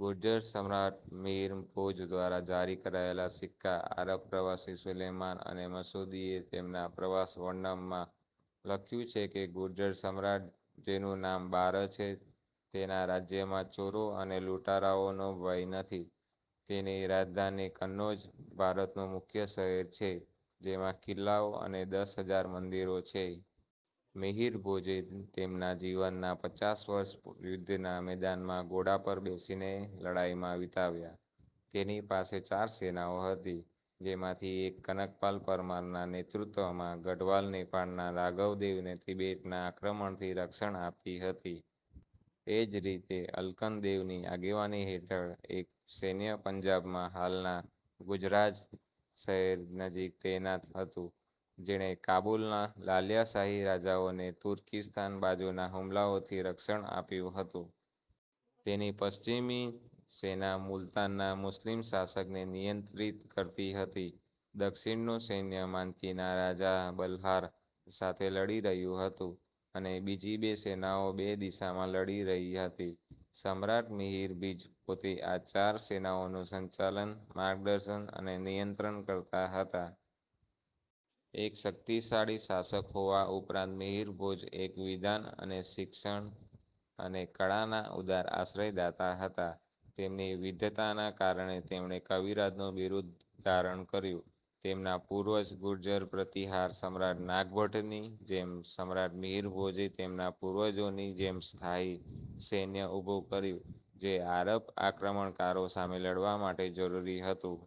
ગુર્જર સમ્રાટ મિહિર ભોજ દ્વારા જારી કરાયેલા સિક્કા આરબ પ્રવાસી સુલેમાન અને મસૂદીએ તેમના પ્રવાસ વર્ણનમાં લખ્યું છે કે 'ગુર્જર સમ્રાટ જેનું નામ બારહ છે. તેના રાજ્યમાં ચોરો અને લૂંટારાઓનો ભય નથી. તેની રાજધાની કન્નૌજ ભારતનું મુખ્ય શહેર છે, જેમાં કિલ્લાઓ અને દસ હજાર મંદિરો છે. મિહિર ભોજે તેમના જીવનના પચાસ વર્ષ યુદ્ધના મેદાનમાં ઘોડા પર બેસીને લડાઈમાં વિતાવ્યા. તેની પાસે ચાર સેનાઓ હતી, જેમાંથી એક કનકપાલ પરમારના નેતૃત્વમાં ગઢવાલ નેપાળના રાઘવદેવને તિબેટના આક્રમણથી રક્ષણ આપતી હતી. એ જ રીતે, અલ્કન દેવની આગેવાની હેઠળ એક સૈન્ય પંજાબમાં હાલના ગુજરાજ શહેર નજીક તૈનાત હતું, જેણે કાબુલના લાલિયાશાહી રાજાઓને તુર્કીસ્તાન બાજુના હુમલાઓથી રક્ષણ આપ્યું હતું. તેની પશ્ચિમી સેના મુલતાનના મુસ્લિમ શાસકને નિયંત્રિત કરતી હતી. દક્ષિણનું સૈન્ય માનકીના રાજા બલહાર સાથે લડી રહ્યું હતું અને બીજી બે સેનાઓ બે દિશામાં લડી રહી હતી. સમ્રાટ મિહિર ભીજ પોતે આ ચાર સેનાઓનું સંચાલન, માર્ગદર્શન અને નિયંત્રણ કરતા હતા. એક શક્તિશાળી શાસક હોવા ઉપરાંત, મિહિર ભોજ એક વિદ્વાન અને શિક્ષણ અને કળાના ઉદાર આશ્રયદાતા હતા. તેમની વિદ્વતાના કારણે તેમણે 'કવિરાજ'નું બિરુદ ધારણ કર્યું. તેમના પૂર્વજ ગુર્જર પ્રતિહાર સમ્રાટ નાગભટ્ટ ની જેમ, સમ્રાટ મિહિર ભોજે તેમના પૂર્વજોની જેમ સ્થાયી સૈન્ય ઉભું કર્યું જે આરબ આક્રમણકારો સામે લડવા માટે જરૂરી હતું.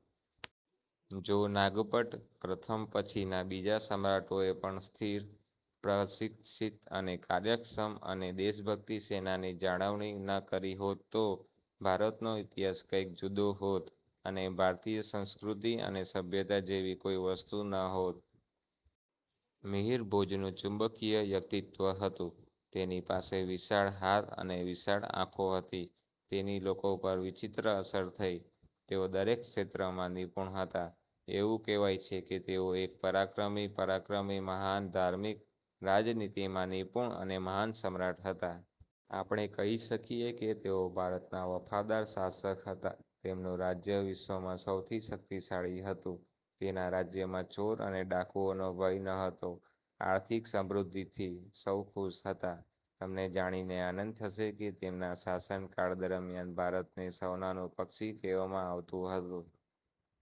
જો નાગભટ્ટ પ્રથમ પછીના બીજા સમ્રાટોએ પણ સ્થિર, પ્રશિક્ષિત અને કાર્યક્ષમ અને દેશભક્તિ સેનાની જાળવણી ન કરી હોત તો ભારતનો ઈતિહાસ કંઈક જુદો હોત અને ભારતીય સંસ્કૃતિ અને સભ્યતા જેવી કોઈ વસ્તુ ન હોત. મિહિરભોજનું ચુંબકીય વ્યક્તિત્વ હતું, તેની પાસે વિશાળ હાથ અને વિશાળ આંખો હતી. તેની લોકો પર વિચિત્ર અસર થઈ. તેઓ દરેક ક્ષેત્રમાં નિપુણ હતા, એવું કહેવાય છે કે તેઓ એક પરાક્રમી પરાક્રમી, મહાન ધાર્મિક, રાજનીતિમાં નિપુણ અને મહાન સમ્રાટ હતા. આપણે કહી શકીએ કે તેઓ ભારતના વફાદાર શાસક હતા. તેમનું રાજ્ય વિશ્વમાં સૌથી શક્તિશાળી હતું. તેના રાજ્યમાં ચોર અને ડાકુઓનો ભય નહોતો. આર્થિક સમૃદ્ધિથી સૌ ખુશ હતા. તમને જાણીને આનંદ થશે કે તેમના શાસનકાળ દરમિયાન ભારતને સોનાનું પક્ષી કહેવામાં આવતું હતું.